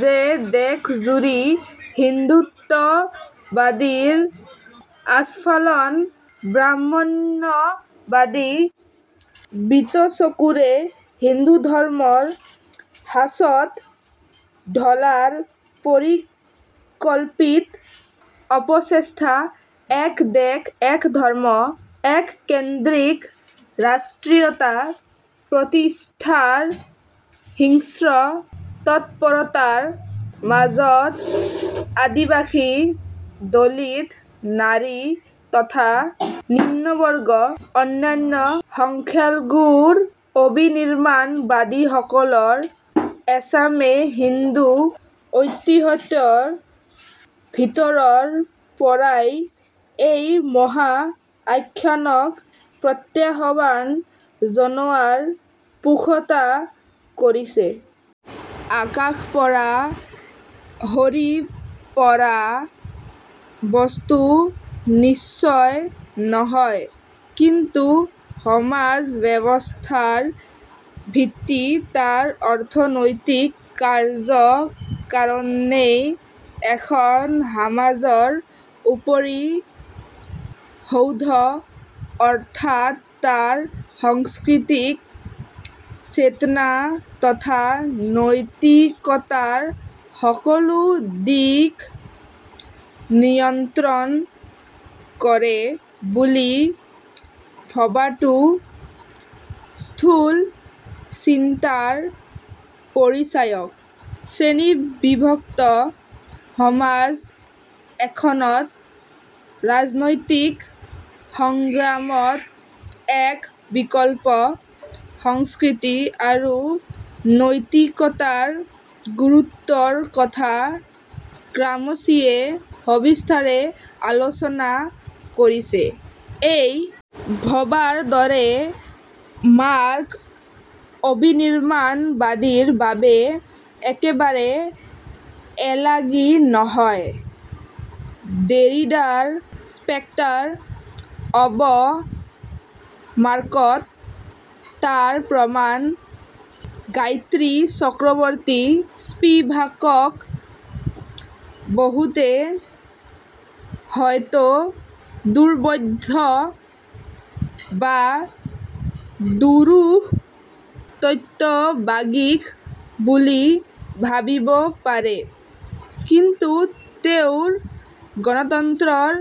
যে দেশজুৰি হিন্দুত্ববাদীৰ আস্ফালন, ব্ৰাহ্মণ্যবাদী বিতচকুৰে হিন্দুধৰ্মক সাঁচত ঢলাৰ পৰিকল্পিত অপচেষ্টা, এক দেশ‌ এক ধৰ্ম‌ এককেন্দ্ৰিক ৰাষ্ট্ৰীয়তা প্ৰতিষ্ঠাৰ হিংস্ৰ তৎপৰততাৰ মাজত আদিবাসী দলিত নাৰী তথা নিম্নবৰ্গ অন্যান্য সংখ্যালঘুৰ অবিনিৰ্মাণবাদীসকলৰ এচামে হিন্দু ঐতিহ্যৰ ভিতৰৰপৰাই এই মহা আখ্যানক প্ৰত্যাহ্বান জনোৱাৰ পোষতা কৰিছে। আকাশপৰা সৰি পৰা বস্তু নিশ্চয় নহয়। কিন্তু সমাজ ব্যৱস্থাৰ ভিত্তি তাৰ অৰ্থনৈতিক কাৰ্য কাৰণেই এখন সা মাজৰ উপৰি সৌধ অৰ্থাৎ তাৰ সাংস্কৃতিক চেতনা তথা নৈতিকতাৰ সকলো দিশ নিয়ন্ত্ৰণ কৰে বুলি ভবাটো স্থূল চিন্তাৰ পৰিচায়ক। শ্ৰেণীবিভক্ত সমাজ এখনত ৰাজনৈতিক সংগ্ৰামত এক বিকল্প সংস্কৃতি আৰু নৈতিকতাৰ গুৰুত্বৰ কথা গ্ৰামছিয়ে সবিস্তাৰে আলোচনা কৰিছে। এই ভবাৰদৰে মাৰ্ক্স অবিনিৰ্মাণবাদীৰ বাবে একেবাৰে এলাগী নহয়। দেৰিডাৰ স্পেক্টাৰ অব মাৰ্ক্সত তাৰ প্ৰমাণ গায়ত্ৰী চক্ৰবৰ্তী স্পিভাকক বহুতে হয়তো দুৰ্বোধ্য বা দুৰূহ তত্ত্ববাগীশ বুলি ভাবিব পাৰে, কিন্তু তেওঁৰ গণতন্ত্ৰৰ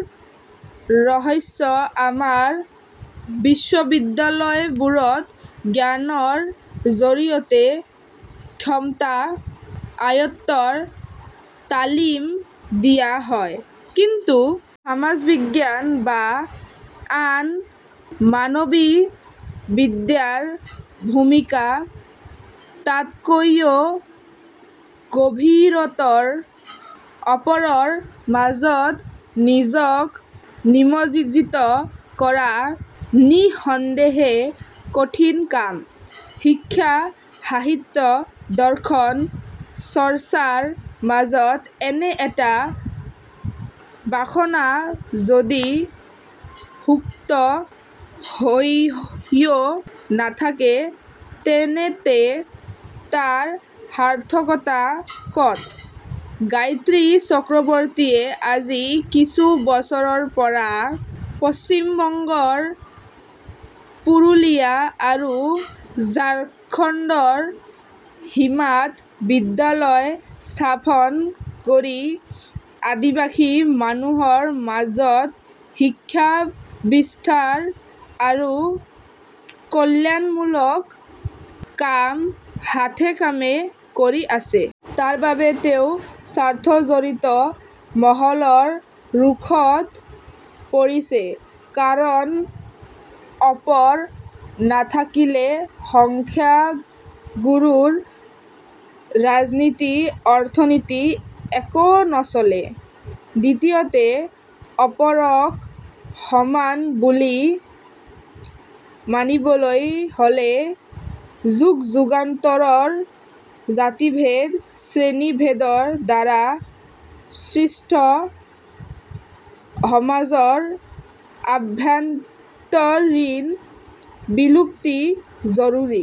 ৰহস্য আমাৰ বিশ্ববিদ্যালয়বোৰত জ্ঞানৰ জৰিয়তে ক্ষমতা আয়ত্তৰ তালিম দিয়া হয়। কিন্তু সমাজবিজ্ঞান বা আন মানবীবিদ্যাৰ ভূমিকা তাতকৈয়ো গভীৰতৰ। অপৰৰ মাজত নিজক নিমজ্জিত কৰা নিঃসন্দেহে কঠিন কাম। শিক্ষা, সাহিত্য, দৰ্শন চৰ্চাৰ মাজত এনে এটা বাসনা যদি সুপ্ত হৈয়ো নাথাকে তেন্তে তাৰ সাৰ্থকতা ক'ত? গায়ত্ৰী চক্ৰবৰ্তীয়ে আজি কিছু বছৰৰপৰা পশ্চিমবংগৰ পুৰুলিয়া আৰু ঝাৰখণ্ডৰ সীমাত বিদ্যালয় স্থাপন কৰি আদিবাসী মানুহৰ মাজত শিক্ষাবিস্তাৰ আৰু কল্যাণমূলক কাম হাতেকামে কৰি আছে। তাৰ বাবে তেওঁ স্বাৰ্থজড়িত মহলৰ ৰোষত পৰিছে, কাৰণ অপৰ নাথাকিলে সংখ্যাগুৰুৰ ৰাজনীতি, অৰ্থনীতি একো নচলে। দ্বিতীয়তে অপৰক সমান বুলি মানিবলৈ হলে যুগযুগান্তৰৰ জাতিভেদ, শ্ৰেণীভেদৰ দ্বাৰা সৃষ্ট সমাজৰ আভ্যন্তৰীণ বিলুপ্তি জৰুৰী।